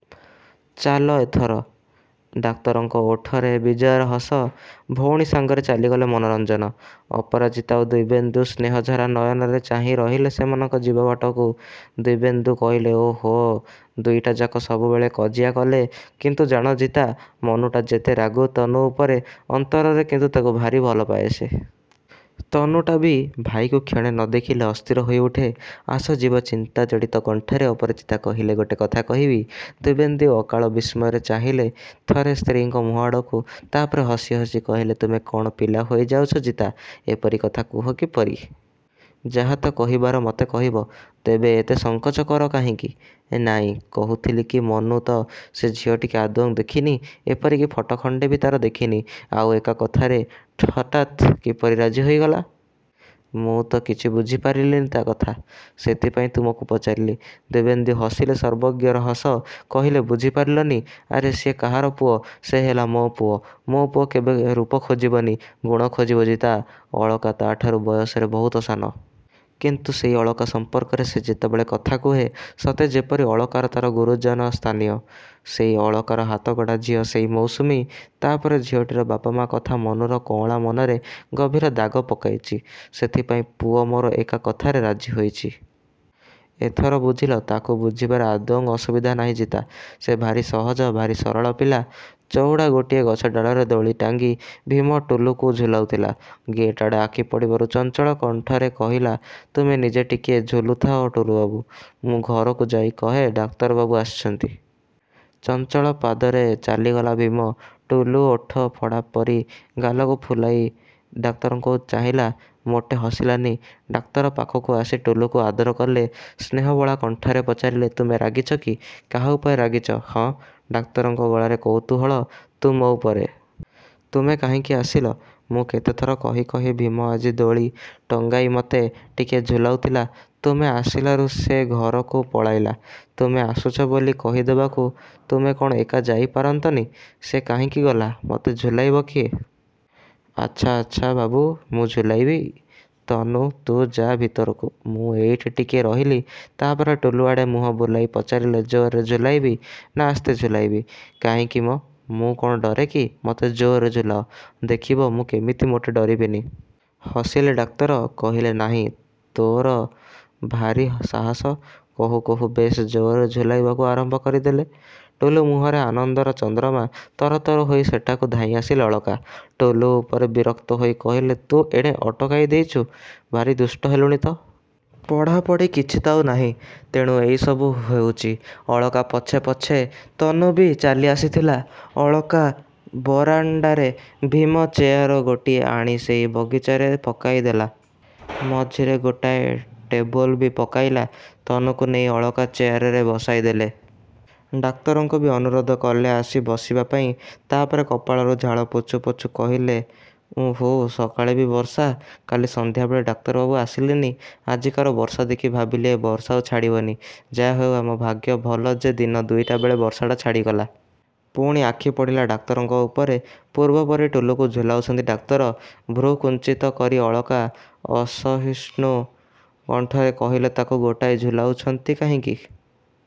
ଚାଲ ଏଥର। ଡାକ୍ତରଙ୍କ ଓଠରେ ବିଜୟର ହସ। ଭଉଣୀ ସାଙ୍ଗରେ ଚାଲିଗଲେ ମନୋରଞ୍ଜନ। ଅପରାଜିତା ଓ ଦିବ୍ୟେନ୍ଦୁ ସ୍ନେହଝରା ନୟନରେ ଚାହିଁ ରହିଲେ ସେମାନଙ୍କ ଯିବା ବାଟକୁ। ଦିବ୍ୟେନ୍ଦୁ କହିଲେ ଓହୋଃ, ଦୁଇଟାଯାକ ସବୁବେଳେ କଜିଆ କଲେ। କିନ୍ତୁ ଜାଣ ଜିତା, ମନୁଟା ଯେତେ ରାଗୁ ତନୁ ଉପରେ, ଅନ୍ତରରେ କିନ୍ତୁ ତାକୁ ଭାରି ଭଲପାଏ ସେ। ତନୁଟା ବି। ଭାଇକୁ କ୍ଷଣେ ନଦେଖିଲେ ଅସ୍ଥିର ହୋଇଉଠେ। ଆସ ଯିବା ଚିନ୍ତାଜଡ଼ିତ କଣ୍ଠରେ ଅପରାଜିତା କହିଲେ ଗୋଟେ କଥା କହିବି? ଦିବ୍ୟେନ୍ଦୁ ଅକାଳ ବିସ୍ମୟରେ ଚାହିଁଲେ ଥରେ ସ୍ତ୍ରୀଙ୍କ ମୁହଁଆଡ଼କୁ। ତାପରେ ହସି ହସି କହିଲେ ତୁମେ କ'ଣ ପିଲା ହୋଇଯାଉଛ ଜିତା। ଏପରି କଥା କୁହ କିପରି? ଯାହା ତ କହିବାର ମତେ କହିବ। ତେବେ ଏତେ ସଙ୍କୋଚ କର କାହିଁକି? ନାଇଁ, କହୁଥିଲି କି ମନୁ ତ ସେ ଝିଅଟିକି ଆଦୌ ଦେଖିନି, ଏପରିକି ଫଟୋ ଖଣ୍ଡେ ବି ତା'ର ଦେଖିନି, ଆଉ ଏକା କଥାରେ ହଠାତ୍ କିପରି ରାଜି ହୋଇଗଲା? ମୁଁ ତ କିଛି ବୁଝିପାରିଲିନି ତା' କଥା, ସେଥିପାଇଁ ତୁମକୁ ପଚାରିଲି। ଦିବ୍ୟେନ୍ଦୁ ହସିଲେ ସର୍ବଜ୍ଞର ହସ। କହିଲେ ବୁଝିପାରିଲନି? ଆରେ ସିଏ କାହାର ପୁଅ! ସେ ହେଲା ମୋ ପୁଅ, ମୋ ପୁଅ କେବେ ରୂପ ଖୋଜିବନି, ଗୁଣ ଖୋଜିବ ଜିତା। ଅଳକା ତାଠାରୁ ବୟସରେ ବହୁତ ସାନ। କିନ୍ତୁ ସେଇ ଅଳକା ସମ୍ପର୍କରେ ସେ ଯେତେବେଳେ କଥା କୁହେ, ସତେଯେପରି ଅଳକା ତା'ର ଗୁରୁଜନ ସ୍ଥାନୀୟା। ସେଇ ଅଳକାର ହାତଗଢ଼ା ଝିଅ ସେଇ ମୌସୁମୀ। ତା'ପରେ ଝିଅଟିର ବାପମାଆ କଥା ମନୁର କଅଁଳା ମନରେ ଗଭୀର ଦାଗ ପକାଇଛି। ସେଥିପାଇଁ ପୁଅ ମୋର ଏକା କଥାରେ ରାଜି ହୋଇଛି। ଏଥର ବୁଝିଲ? ତାକୁ ବୁଝିବାରେ ଆଦୌ ଅସୁବିଧା ନାହିଁ ଜିତା। ସେ ଭାରି ସହଜ, ଭାରି ସରଳ ପିଲା। ଚଉଡ଼ା ଗୋଟିଏ ଗଛଡାଳରେ ଦୋଳି ଟାଙ୍ଗି ଭୀମ ଟୁଲୁକୁ ଝୁଲାଉଥିଲା। ଗେଟ୍ ଆଡ଼େ ଆଖିପଡ଼ିବାରୁ ଚଞ୍ଚଳ କଣ୍ଠରେ କହିଲା ତୁମେ ନିଜେ ଟିକିଏ ଝୁଲୁଥାଅ ଟୁଲୁବାବୁ, ମୁଁ ଘରକୁ ଯାଇ କହେ ଡାକ୍ତରବାବୁ ଆସିଛନ୍ତି। ଚଞ୍ଚଳ ପାଦରେ ଚାଲିଗଲା ଭୀମ। ଟୁଲୁ ଓଠ ଫଡ଼ା ପରି ଗାଲକୁ ଫୁଲାଇ ଡାକ୍ତରଙ୍କୁ ଚାହିଁଲା, ମୋଟେ ହସିଲାନି। ଡାକ୍ତର ପାଖକୁ ଆସି ଟୁଲୁକୁ ଆଦର କଲେ। ସ୍ନେହବୋଳା କଣ୍ଠରେ ପଚାରିଲେ, ତୁମେ ରାଗିଛ କି? କାହା ଉପରେ ରାଗିଛ ହଁ? ଡାକ୍ତରଙ୍କ ଗଳାରେ କୌତୂହଳ। ତୁମ ଉପରେ। ତୁମେ କାହିଁକି ଆସିଲ? ମୁଁ କେତେଥର କହି କହି ଭୀମ ଆଜି ଦୋଳି ଟଙ୍ଗାଇ ମୋତେ ଟିକିଏ ଝୁଲାଉଥିଲା। ତୁମେ ଆସିଲାରୁ ସେ ଘରକୁ ପଳାଇଲା ତୁମେ ଆସୁଛ ବୋଲି କହିଦେବାକୁ। ତୁମେ କ'ଣ ଏକା ଯାଇପାରନ୍ତନି? ସେ କାହିଁକି ଗଲା? ମତେ ଝୁଲାଇବ କିଏ? ଆଚ୍ଛା ଆଚ୍ଛା ବାବୁ ମୁଁ ଝୁଲାଇବି। ତନୁ ତୁ ଯାଆ ଭିତରକୁ, ମୁଁ ଏଇଠି ଟିକିଏ ରହିଲି। ତାପରେ ଟୁଲୁଆଡ଼େ ମୁହଁ ବୁଲାଇ ପଚାରିଲେ ଜୋରରେ ଝୁଲାଇବି, ନା ଆସ୍ତେ ଝୁଲାଇବି? କାହିଁକି ମଁ, ମୁଁ କ'ଣ ଡରେକି। ମୋତେ ଜୋରରେ ଝୁଲାଅ। ଦେଖିବ ମୁଁ କେମିତି ମୋଟେ ଡରିବିନି। ହସିଲେ ଡାକ୍ତର। କହିଲେ ନାହିଁ ତୋର ଭାରି ସାହସ। କହୁ କହୁ ବେଶ୍ ଜୋରରେ ଝୁଲାଇବାକୁ ଆରମ୍ଭ କରିଦେଲେ। ଟୁଲୁ ମୁହଁରେ ଆନନ୍ଦର ଚନ୍ଦ୍ରମା। ତରତର ହୋଇ ସେଠାକୁ ଧାଇଁଆସିଲେ ଅଳକା। ଟୁଲୁ ଉପରେ ବିରକ୍ତ ହୋଇ କହିଲେ ତୁ ଏଣେ ଅଟକାଇ ଦେଇଛୁ? ଭାରି ଦୁଷ୍ଟ ହେଲୁଣି ତ। ପଢ଼ାପଢ଼ି କିଛି ତ ଆଉ ନାହିଁ। ତେଣୁ ଏଇସବୁ ହେଉଛି। ଅଳକା ପଛେ ପଛେ ତନୁ ବି ଚାଲିଆସିଥିଲା। ଅଳକା ବରାଣ୍ଡାରେ ଭୀମ ଚେୟାର ଗୋଟିଏ ଆଣି ସେଇ ବଗିଚାରେ ପକାଇଦେଲା। ମଝିରେ ଗୋଟାଏ ଟେବୁଲ୍ ବି ପକାଇଲା। ତନୁକୁ ନେଇ ଅଳକା ଚେୟାରରେ ବସାଇଦେଲେ। ଡାକ୍ତରଙ୍କୁ ବି ଅନୁରୋଧ କଲେ ଆସି ବସିବାପାଇଁ। ତାପରେ କପାଳରୁ ଝାଳ ପୋଛୁ ପୋଛୁ କହିଲେ ଉଃ, ସକାଳେ ବି ବର୍ଷା! କାଲି ସନ୍ଧ୍ୟାବେଳେ ଡାକ୍ତରବାବୁ ଆସିଲେନି। ଆଜିକାର ବର୍ଷା ଦେଖି ଭାବିଲି ଏ ବର୍ଷା ଆଉ ଛାଡ଼ିବନି। ଯାହାହେଉ ଆମ ଭାଗ୍ୟ ଭଲ ଯେ ଦିନ ଦୁଇଟାବେଳେ ବର୍ଷାଟା ଛାଡ଼ିଗଲା। ପୁଣି ଆଖିପଡ଼ିଲା ଡାକ୍ତରଙ୍କ ଉପରେ। ପୂର୍ବ ପରି ଟୁଲୁକୁ ଝୁଲାଉଛନ୍ତି ଡାକ୍ତର। ଭ୍ରୂକୁଞ୍ଚିତ କରି ଅଳକା ଅସହିଷ୍ଣୁ କଣ୍ଠରେ କହିଲେ ତାକୁ ଗୋଟାଏ ଝୁଲାଉଛନ୍ତି କାହିଁକି?